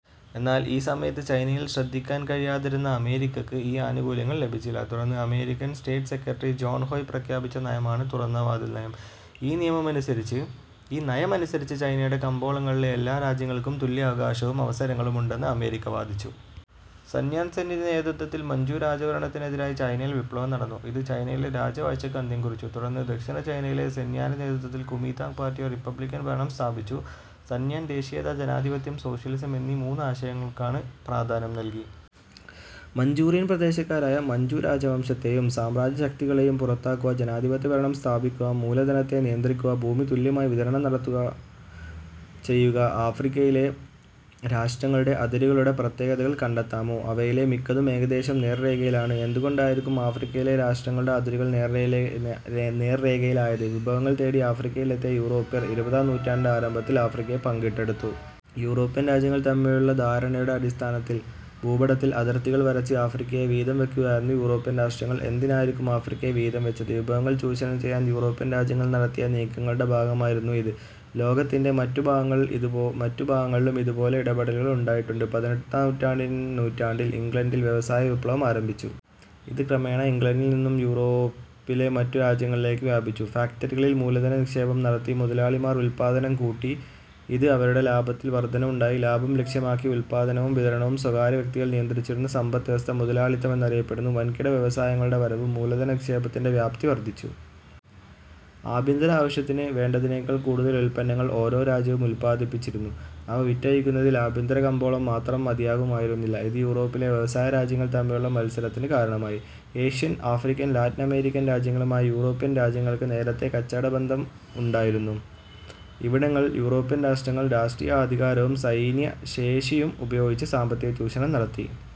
എന്നാൽ ഈ സമയത്ത് ചൈനയിൽ ശ്രദ്ധിക്കാൻ കഴിയാതിരുന്ന അമേരിക്കയ്ക്ക് ഈ ആനുകൂല്യങ്ങൾ ലഭിച്ചില്ല. തുടർന്ന് American state secretary John Hay പ്രഖ്യാപിച്ച നയമാണ് തുറന്ന വാതിൽ നയം. ഈ നയമനുസരിച്ച് ചൈനയുടെ കമ്പോളങ്ങളിൽ എല്ലാ രാജ്യങ്ങൾക്കും തുല്യ അവകാശവും അവസരവും ഉണ്ടെന്ന് അമേരിക്ക വാദിച്ചു. സൻ യാത് സെന്നിന്റെ നേതൃത്വത്തിൽ മഞ്ചു രാജഭരണത്തിനെരായി ചൈനയിൽ വിപ്ലവം നടന്നു. ഇത് ചൈനയിൽ രാജവാഴ്ചയ്ക്ക് അന്ത്യം കുറിച്ചു. തുടർന്ന് ദക്ഷിണ ചൈനയിൽ സൻയാന്നിന്റെ നേതൃത്വത്തിൽ കുമി താങ് പാർട്ടി ഒരു റിപ്പബ്ലിക്കൻ ഭരണം സ്ഥാപിച്ചു. സൻയാൻ ദേശീയത, ജനാധിപത്യം, സോഷ്യലിസം എന്നീ മൂന്ന് ആശയങ്ങൾക്ക് പ്രാധാന്യം നൽകി. മഞ്ചൂറിയൻ പ്രദേശക്കാരായ മഞ്ചു രാജ വംശ ത്തെയും സാമ്രാജ്യശക്തികളെയും പുറത്താക്കുക. ജനാധിപത്യഭരണം സ്ഥാപിക്കുക. മൂലധനത്തെ നിയന്ത്രിക്കുകയും ഭൂമി തുല്യമായി വിതരണം നടത്തുകയും ചെയ്യുക. ആഫ്രിക്കയിലെ രാഷ്ട്രങ്ങളുടെ അതിരുകളുടെ പ്രത്യേകതകൾ കണ്ടെത്താമോ? അവയിൽ മിക്കതും ഏകദേശം നേർരേഖയിലാണ്. എന്തുകൊണ്ടായിരിക്കാം ആഫ്രിക്കയിലെ രാഷ്ട്രങ്ങളുടെ അതിരുകൾ നേർരേഖയിലായത്? വിഭവങ്ങൾ തേടി ആഫ്രിക്കയിൽ എത്തിയ യൂറോപ്യർ ഇരുപതാം നൂറ്റാണ്ടിന്റെ ആരംഭത്തിൽ ആഫ്രിക്കയെ പങ്കിട്ടെടുത്തു. യൂറോപ്യൻ രാജ്യങ്ങൾ തമ്മിലുള്ള ധാരണയുടെ അടിസ്ഥാനത്തിൽ ഭൂപടത്തിൽ അതിർത്തികൾ വരച്ച് ആഫ്രിക്കയെ വീതം വയ്ക്കുകയായിരുന്നു. യൂറോപ്യൻ രാഷ്ട്രങ്ങൾ എന്തിനായിരിക്കാം ആഫ്രിക്കയെ വീതം വച്ചത്? വിഭവങ്ങൾ ചൂഷണം ചെയ്യാൻ യൂറോപ്യൻ രാജ്യങ്ങൾ നടത്തിയ നീക്കങ്ങളുടെ ഭാഗമായിരുന്നു ഇത്. ലോകത്തിന്റെ മറ്റു ഭാഗങ്ങളിലും ഇതുപോലുള്ള ഇടപെടലുകൾ ഉണ്ടായിട്ടുണ്ട്. പതിനെട്ടാം നൂറ്റാണ്ടിൽ ഇംഗ്ലണ്ടിൽ വ്യവസായ വിപ്ലവം ആരംഭിച്ചു. ഇത് ക്രമേണ ഇംഗ്ലണ്ടിൽ നിന്നു യൂറോപ്പിലെ മറ്റു രാജ്യങ്ങളിലേക്ക് വ്യാപിച്ചു. ഫാക്ടറികളിൽ മൂലധനനിക്ഷേപം നടത്തി മുതലാളിമാർ ഉൽപ്പാദനം കൂട്ടി. ഇത് അവരുടെ ലാഭത്തിൽ വർധനവുണ്ടാക്കി. ലാഭം ലക്ഷ്യമാക്കി ഉൽപ്പാദനവും വിതരണവും സ്വകാര്യവ്യക്തികൾ നിയന്ത്രിച്ചിരുന്ന സമ്പദ് വ്യവസ്ഥ മുതലാളിത്തം എന്നറിയപ്പെട്ടു. വൻകിട വ്യവസായങ്ങളുടെ വരവ് മൂലധന നിക്ഷേപത്തിന്റെ വ്യാപ്തി വർധിപ്പിച്ചു. ആഭ്യന്തര ആവശ്യത്തിന് വേണ്ടതിനേക്കാൾ കൂടുതൽ ഉൽപ്പന്നങ്ങൾ ഓരോ രാജ്യവും ഉൽപാദിപ്പിച്ചിരുന്നു. അവ വിറ്റഴിക്കുന്നതിന് ആഭ്യന്തരകമ്പോളം മാത്രം മതിയാകുമായിരുന്നില്ല. ഇത് യൂറോപ്പിലെ വ്യാവസായികരാജ്യങ്ങൾ തമ്മിലുള്ള മത്സരത്തിന് കാരണമായി. ഏഷ്യൻ, ആഫ്രിക്കൻ, ലാറ്റിനമേരിക്കൻ രാജ്യങ്ങളുമായി യൂറോപ്യൻ രാജ്യങ്ങൾക്ക് നേരത്തേ കച്ചവടബന്ധങ്ങൾ ഉണ്ടായിരുന്നു. ഇവിടങ്ങളിൽ യൂറോപ്യൻ രാഷ്ട്രങ്ങൾ രാഷ്ട്രീയാധികാരവും സൈനി കശേഷിയും ഉപയോഗിച്ച് സാമ്പത്തികചൂഷണം നടത്തി.